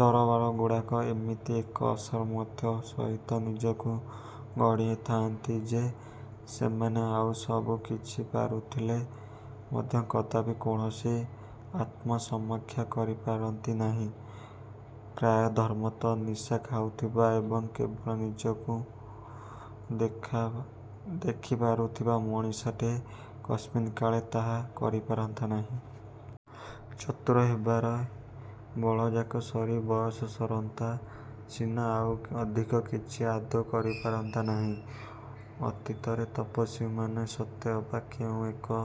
ଦରବାରଗୁଡ଼ାକ ଏମିତି ଏକ ଅସାମର୍ଥ୍ୟ ସହିତ ନିଜକୁ ଗଢ଼ି ଆଣିଥାଆନ୍ତି ଯେ ସେମାନେ ଆଉ ସବୁ କିଛି ପାରୁଥିଲେ ମଧ୍ୟ କଦାପି କୌଣସି ଆତ୍ମସମୀକ୍ଷା କରିପାରନ୍ତି ନାହିଁ। ପ୍ରାୟ ଧର୍ମତଃ ନିଶା ଖାଇଥିବା ଏବଂ କେବଳ ନିଜକୁ ଦେଖା ଦେଖି ପାରୁଥିବା ମଣିଷଟାଏ କସ୍ମିନକାଳେ ତାହା କରିପାରନ୍ତା ନାହିଁ। ଚତୁର ହେବାରେ ବଳଯାକ ସାରି ବୟସ ସାରନ୍ତା ସିନା, ଆଉ ଅଧିକ କିଛି ଆଦୌ କରିପାରନ୍ତା ନାହିଁ। ଅତୀତର ତପସ୍ୱୀମାନେ ସତେ ଅବା କେଉଁ ଏକ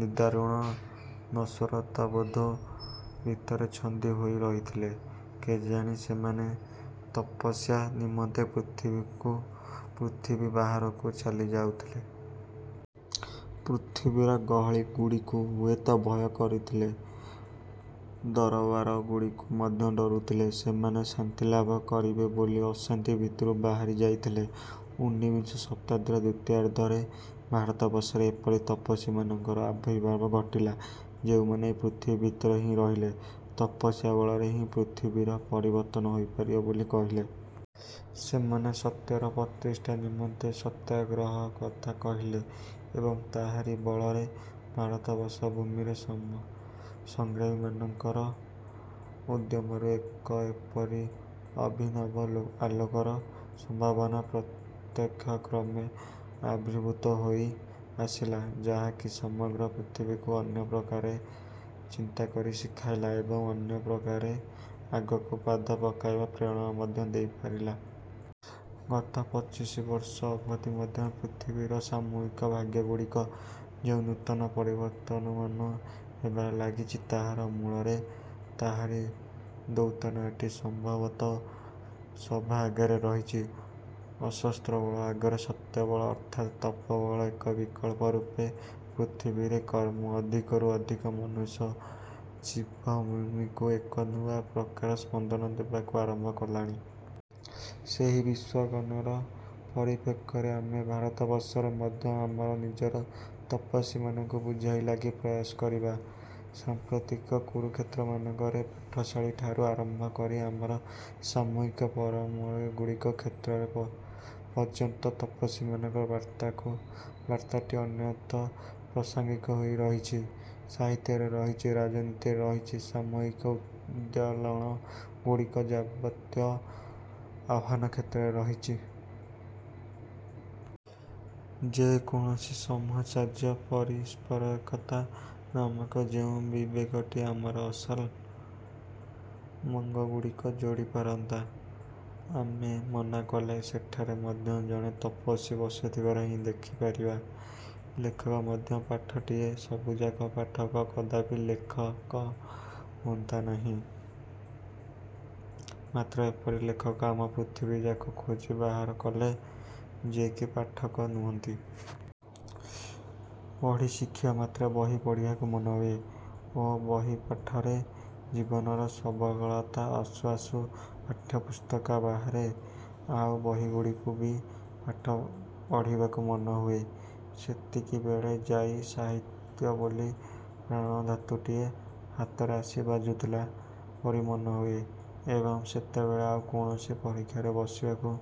ନିଦାରୁଣ ନଶ୍ୱରତାବୋଧ ଭିତରେ ଛନ୍ଦି ହୋଇ ରହିଥିଲେ କେଜାଣି ସେମାନେ ତପସ୍ୟା ନିମନ୍ତେ ପୃଥିବୀକୁ ପୁଥିବୀ ବାହାରକୁ ଚାଲି ଯାଉଥିଲେ। ପୃଥିବୀର ଗହଳିଗୁଡ଼ାକୁ ହୁଏତ ଭୟ କରୁଥିଲେ, ଦରବାରଗୁଡ଼ାକୁ ମଧ୍ୟ ଡ଼ରୁଥିଲେ। ସେମାନେ ଶାନ୍ତିଲାଭ କରିବେ ବୋଲି ଅଶାନ୍ତି ଭିତରୁ ବାହାରି ଯାଉଥିଲେ। ଊନବିଂଶ ଶତାବ୍ଦୀର ଦ୍ୱିତୀୟାର୍ଦ୍ଧରେ ଭାରତବର୍ଷରେ ଏପରି ତପସ୍ୱୀମାନଙ୍କର ଆବିର୍ଭାବ ଘଟିଲା, ଯେଉଁମାନେ ଏହି ପୃଥିବୀ ଭିତରେ ହିଁ ରହିଲେ, ତପସ୍ୟା ବଳରେ ହିଁ ପୃଥିବୀର ପରିବର୍ତ୍ତନ ହୋଇପାରିବ ବୋଲି କହିଲେ। ସେମାନେ ସତ୍ୟର ପ୍ରତିଷ୍ଠା ନିମନ୍ତେ ସତ୍ୟାଗ୍ରହର କଥା କହିଲେ ଏବଂ ତାହାରି ବଳରେ ଭାରତବର୍ଷର ଭୂମିରେ ସଂଗ୍ରାମୀମାନଙ୍କର ଉଦ୍ୟମରୁ ଏକ ଏପରି ଅଭିନବ ଆଲୋକର ସମ୍ଭାବନାର ପ୍ରତ୍ୟୟ କ୍ରମେ ଆବିର୍ଭୂତ ହୋଇ ଆସିଲା ଯାହାକି ସମଗ୍ର ପୃଥିବୀକୁ ଅନ୍ୟପ୍ରକାରେ ଚିନ୍ତାକରି ଶିଖାଇଲା ଏବଂ ଅନ୍ୟ ପ୍ରକାରେ ଆଗକୁ ପାଦ ପକାଇବାର ପ୍ରେରଣା ମଧ୍ୟ ଦେଇପାରିଲା। ଗତ ପଚାଶ ବର୍ଷର ଅବଧି ମଧ୍ୟରେ ପୃଥିବୀର ସାମୂହିକ ଭାଗ୍ୟଗୁଡ଼ିକରେ ଯେଉଁ ନୂତନ ପରିବର୍ତ୍ତନମାନ ହେବାରେ ଲାଗିଛି ତାହାର ମୂଳରେ ତାହାରି ଦ୍ୟୋତନାଟି ସମ୍ଭବତଃ ସବାଆଗରେ ରହିଛି। ଅସ୍ତ୍ରବଳ ଆଗରେ ସତ୍ୟବଳ ଅର୍ଥାତ୍ ତପୋବଳ ଏକ ବିକଳ୍ପ ରୂପେ ପୃଥିବୀରେ କ୍ରମେ ଅଧିକରୁ ଅଧିକ ମନୁଷ୍ୟଙ୍କର ଚିଦ୍ଭୂମିକୁ ଏକ ନୂଆ ପ୍ରକାର ସ୍ପନ୍ଦନ ଦେବାକୁ ଆରମ୍ଭ କଲାଣି। ସେହି ବିଶ୍ୱାଙ୍ଗନର ପରିପ୍ରେକ୍ଷୀରେ ଆମେ ଭାରତବର୍ଷରେ ମଧ୍ୟ ଆମ ନିଜର ତପସ୍ୱୀମାନଙ୍କୁ ବୁଝିବାଲାଗି ପ୍ରୟାସ କରିବା। ସାମ୍ପ୍ରତିକ କୁରୁକ୍ଷେତ୍ରମାନଙ୍କରେ ପାଠଶାଳା ଠାରୁ ଆରମ୍ଭ କରି ଆମ ସାମୂହିକ ପରିମଳଗୁଡ଼ିକର କ୍ଷେତ୍ର ପର୍ଯ୍ୟନ୍ତ ତପସ୍ୱୀମାନଙ୍କର ବାର୍ତ୍ତାଟି ଅତ୍ୟନ୍ତ ପ୍ରାସଙ୍ଗିକ ହୋଇରହିଛି। ସାହିତ୍ୟରେ ରହିଛି, ରାଜନୀତିରେ ରହିଛି, ସାମାଜିକ ଉଦ୍ବେଳନ ଗୁଡ଼ିକର ଯାବତୀୟ ଆହ୍ୱାନକ୍ଷେତ୍ରରେ ରହିଛି। ଯେକୌଣସି ସମୂହଚର୍ଯ୍ୟାରେ ପାରସ୍ପରିକତା ନାମକ ଯେଉଁ ବିବେକଟି ଆମର ଅସଲ ମଙ୍ଗଗୁଡ଼ିକୁ ଯୋଡ଼ିପାରନ୍ତା ଆମେ ମନ କଲେ ସେଠାରେ ମଧ୍ୟ ଜଣେ ତପସ୍ୱୀ ବସିଥିବାର ହିଁ ଦେଖିପାରିବା। ଲେଖକ ମଧ୍ୟ ପାଠକଟିଏ ସବୁଯାକ ପାଠକ କଦାପି ଲେଖକ ହୁଅନ୍ତି ନାହିଁ, ମାତ୍ର ଏପରି ଲେଖକ ଆପଣ ପୃଥିବୀଯାକ ଖୋଜି ବାହାର କଲେ ଯିଏକି ପାଠକ ନୁହନ୍ତି। ପଢ଼ି ଶିଖିବାମାତ୍ରେ ବହି ପଢ଼ିବାକୁ ମନହୁଏ ଓ ବହିପଢାର ଜୀବନରେ ସାବାଳକତା ଆସୁ ଆସୁ ପାଠ୍ୟପୁସ୍ତକ ବାହାରେ ଆଉ ବହିଗୁଡ଼ିକୁ ବି ପଢ଼ିବାକୁ ମନହୁଏ। ସେତିକିବେଳେ ଯାଇ ସାହିତ୍ୟ ବୋଲି ପ୍ରାଣଧାତୁଟିଏ ହାତରେ ଆସି ବାଜୁଥିଲା ପରି ମନେହୁଏ ଏବଂ ସେତେବେଳେ ଆଉ କୌଣସି ପରୀକ୍ଷାରେ ବସିବାକୁ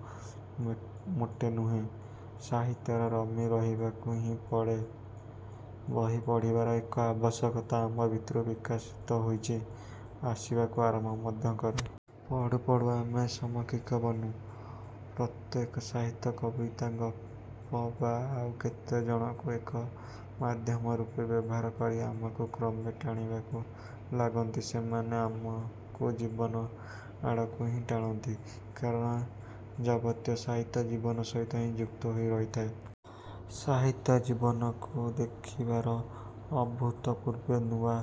ମୋଟେ ନୁହେଁ, ସାହିତ୍ୟରେ ରମି ରହିବାକୁ ହିଁ ବହି ପଢ଼ିବାର ଏକ ଆବଶ୍ୟକତା ଆମ ଭିତରୁ ବିକଶିତ ହୋଇଚି ଆସିବାକୁ ଆରମ୍ଭ ମଧ୍ୟ କରେ। ପଢୁ ପଢୁ ଆମେ ସମୀକ୍ଷକ ବନୁ। ପ୍ରତ୍ୟେକ ସାହିତ୍ୟ, କବିତା, ଗପ ବା ଆଉ କେତେ କଣକୁ ଏକ ମାଧ୍ୟମ ରୂପେ ବ୍ୟବହାର କରି ଆମକୁ କ୍ରମେ ଟାଣିବାକୁ ଲାଗନ୍ତି। ସେମାନେ ଆମକୁ ଜୀବନ ଆଡ଼କୁ ହିଁ ଟାଣନ୍ତି। କାରଣ ଯାବତୀୟ ସାହିତ୍ୟ ଜୀବନ ସହିତ ହିଁ ଯୁକ୍ତ ହୋଇ ରହିଥାଏ। ସାହିତ୍ୟ ଜୀବନକୁ ଦେଖିବାର ଅଭୂତପୂର୍ବ ନୂଆ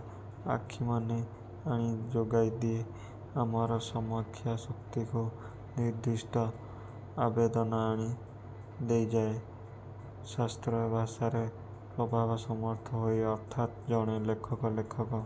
ଆଖିମାନ ଆଣି ଯୋଗାଇଦିଏ, ଆମର ସମୀକ୍ଷା ଶକ୍ତିକୁ ଏକ ନିର୍ଦ୍ଦିଷ୍ଟ ଆବେଦନ ଆଣି ଦେଇଯାଏ। ଶାସ୍ତ୍ରର ଭାଷାରେ ପ୍ରଭବସମର୍ଥ ହେଉ। ଅର୍ଥାତ୍ ଜଣେ ଲେଖକ ଲେଖକ